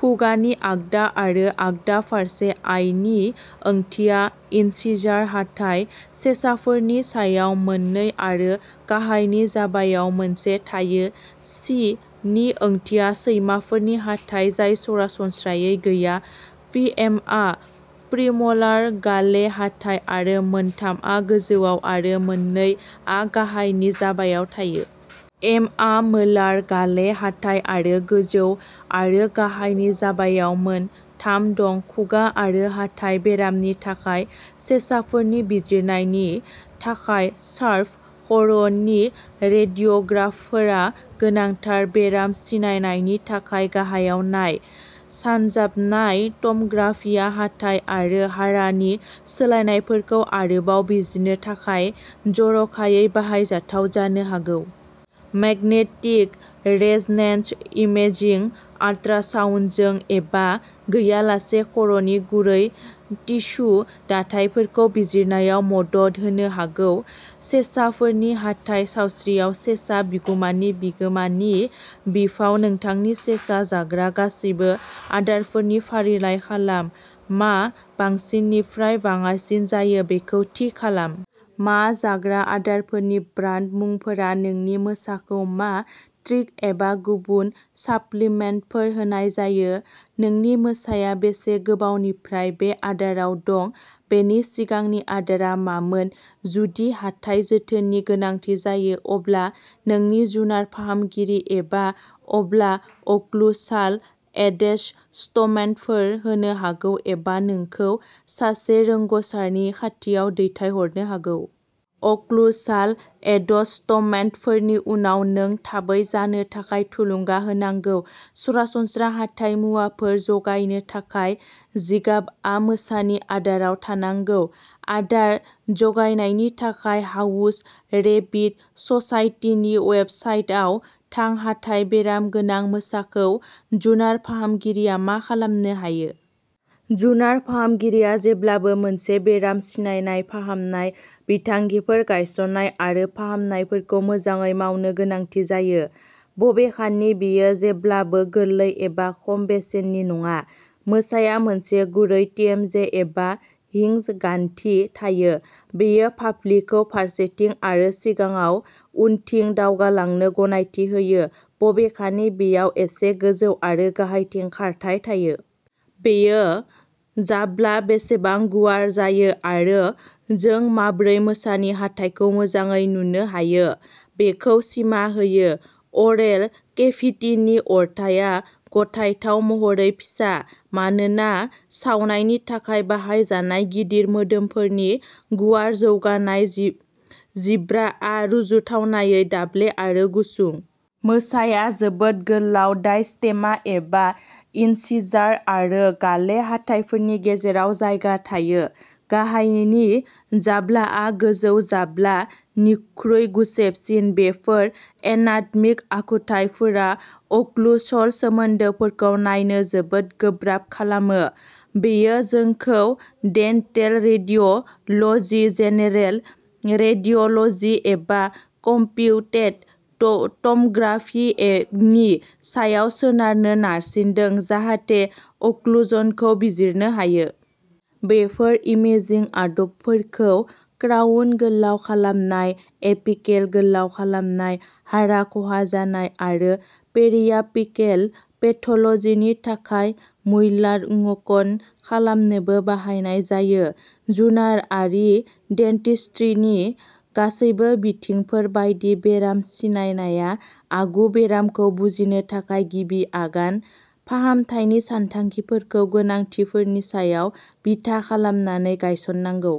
खुगानि आगदा आरो आगदा फारसे। आइ नि ओंथिया इन्सिजार हाथाइ। सेसाफोरनि सायाव मोन नै आरो गाहायनि जाबायाव मोनसे थायो। सि नि ओंथिया सैमाफोरनि हाथाइ जाय सरासनस्रायै गैया। पिएमआ प्रिम'लार गाले हाथाइ आरो मोन थामआ गोजौआव आरो मोन नै आ गाहायनि जाबायाव थायो। एमआ मोलार गाले हाथाइ आरो गोजौ आरो गाहायनि जाबायाव मोन थाम दं। खुगा आरो हाथाइ बेरामनि थाखाय सेसाफोरनि बिजिरनायनि थाखाय सार्भे खर'नि रेडिय'ग्राफफोरा गोनांथार। बेराम सिनायनायनि थाखाय गाहायाव नाय। सानजाबनाय टम'ग्राफिया हाथाइ आरो हारानि सोलायनायफोरखौ आरोबाव बिजिरनो थाखाय जर'खायै बाहायजाथाव जानो हागौ। मेगनेटिक रेज'नेन्स इमेजिं आल्ट्रासाउन्डजों एबा गैयालासे खर'नि गुरै टिस्यु दाथायफोरखौ बिजिरनायाव मदद होनो हागौ। सेसाफोरनि हाथाइ सावस्रियाव सेसा बिगुमानि बिगोमानि बिफाव। नोंथांनि सेसा जाग्रा गासैबो आदारफोरखौ फारिलाइ खालाम; मा बांसिननिफ्राय बाङाइसिन जायो बेखौ थि खालाम। मा जाग्रा आदारफोरनि ब्रान्ड मुंफोरा नोंनि मोसाखौ मा ट्रिट एबा गुबुन साप्लिमेन्टफोर होनाय जायो? नोंनि मोसाया बेसे गोबावनिफ्राय बे आदाराव दं, बेनि सिगांनि आदारआ मामोन? जुदि हाथाइ जोथोननि गोनांथि जायो, अब्ला नोंनि जुनार फाहामगिरिया एबा अब्ला अक्लुसाल एडजस्टमेन्टफोर होनो हागौ एबा नोंखौ सासे रोंग'सारनि खाथियाव दैथायहरनो हागौ। अक्लुसाल एडजस्टमेन्टफोरनि उनाव, नों थाबै जानो थाखाय थुलुंगा होनांगौ। सरासनस्रा हाथाइ मुवाफोर जगायनो थाखाय जिगाबआ मोसानि आदाराव थानांगौ। आदार जगायनायनि थाखाय हाउस रेबिट ससाइटिनि वेबसाइटाव थां। हाथाइ बेराम गोनां मोसाखौ जुनार फाहामगिरिया मा खालामनो हायो? जुनार फाहामगिरिया जेब्लाबो मोनसे बेराम सिनायनाय, फाहामनाय बिथांखिफोर गायसन्नाय आरो फाहामनायफोरखौ मोजाङै मावनो गोनांथि जायो। बबेखानि बेयो जेब्लाबो गोरलै एबा खम बेसेननि नङा। मोसाया मोनसे गुरै टिएमजे एबा "हिंज गान्थि" थायो। बेयो फाफ्लिखौ फारसेथिं आरो सिगाङाव उनथिं दावगालांनो गनायथि होयो, बबेखानि बेयाव एसे गोजौ आरो गाहायथिं खारथाइ थायो। बेयो जाब्ला बेसेबां गुवार जायो आरो जों माब्रै मोसानि हाथाइखौ मोजाङै नुनो हायो बेखौ सिमा होयो। अरेल केभिटिनि अरथाइया थगायथाव महरै फिसा मानोना सावनायनि थाखाय बाहायजानाय गिदिर मोदोमफोरनि गुवार जौगानाय। जिब्राआ रुजुथावनायै दाब्ले आरो गुसुं। मोसाया जोबोद "गोलाव डायस्टेमा" एबा इनसिजार आरो गाले हाथाइफोरनि गेजेराव जायगा थायो। गाहायनि जाब्लाआ गोजौ जाब्ला निख्रुइ गुसेबसिन। बेफोर एनाटमिक आखुथायफोरा अक्लुसल सोमोन्दोफोरखौ नायनो जोबोद गोब्राब खालामो। बेयो जोंखौ डेन्टेल रेडिय'ल'जि, जेनेरेल रेडिय'ल'जि एबा कम्पिउटेड टम'ग्राफि नि सायाव सोनारनो नारसिनदों, जाहाथे अक्लुजनखौ बिजिरनो हायो। बेफोर इमेजिं आदबफोरखौ क्राउन गोलाव खालामनाय, एपिकेल गोलाव खालामनाय, हारा खहा जानाय आरो पेरियापिकेल पेथ'ल'जि नि थाखाय मूल्याङ्कन खालामनोबो बाहायनाय जायो। जुनारारि डेन्टिस्ट्रिनि गासैबो बिथिंफोर बायदि, बेराम सिनायनाया आगु बेरामखौ बुजिनो थाखाय गिबि आगान। फाहामथायनि सानथांखिफोरखौ गोनांथिफोरनि सायाव बिथा खालामनानै गायसननांगौ।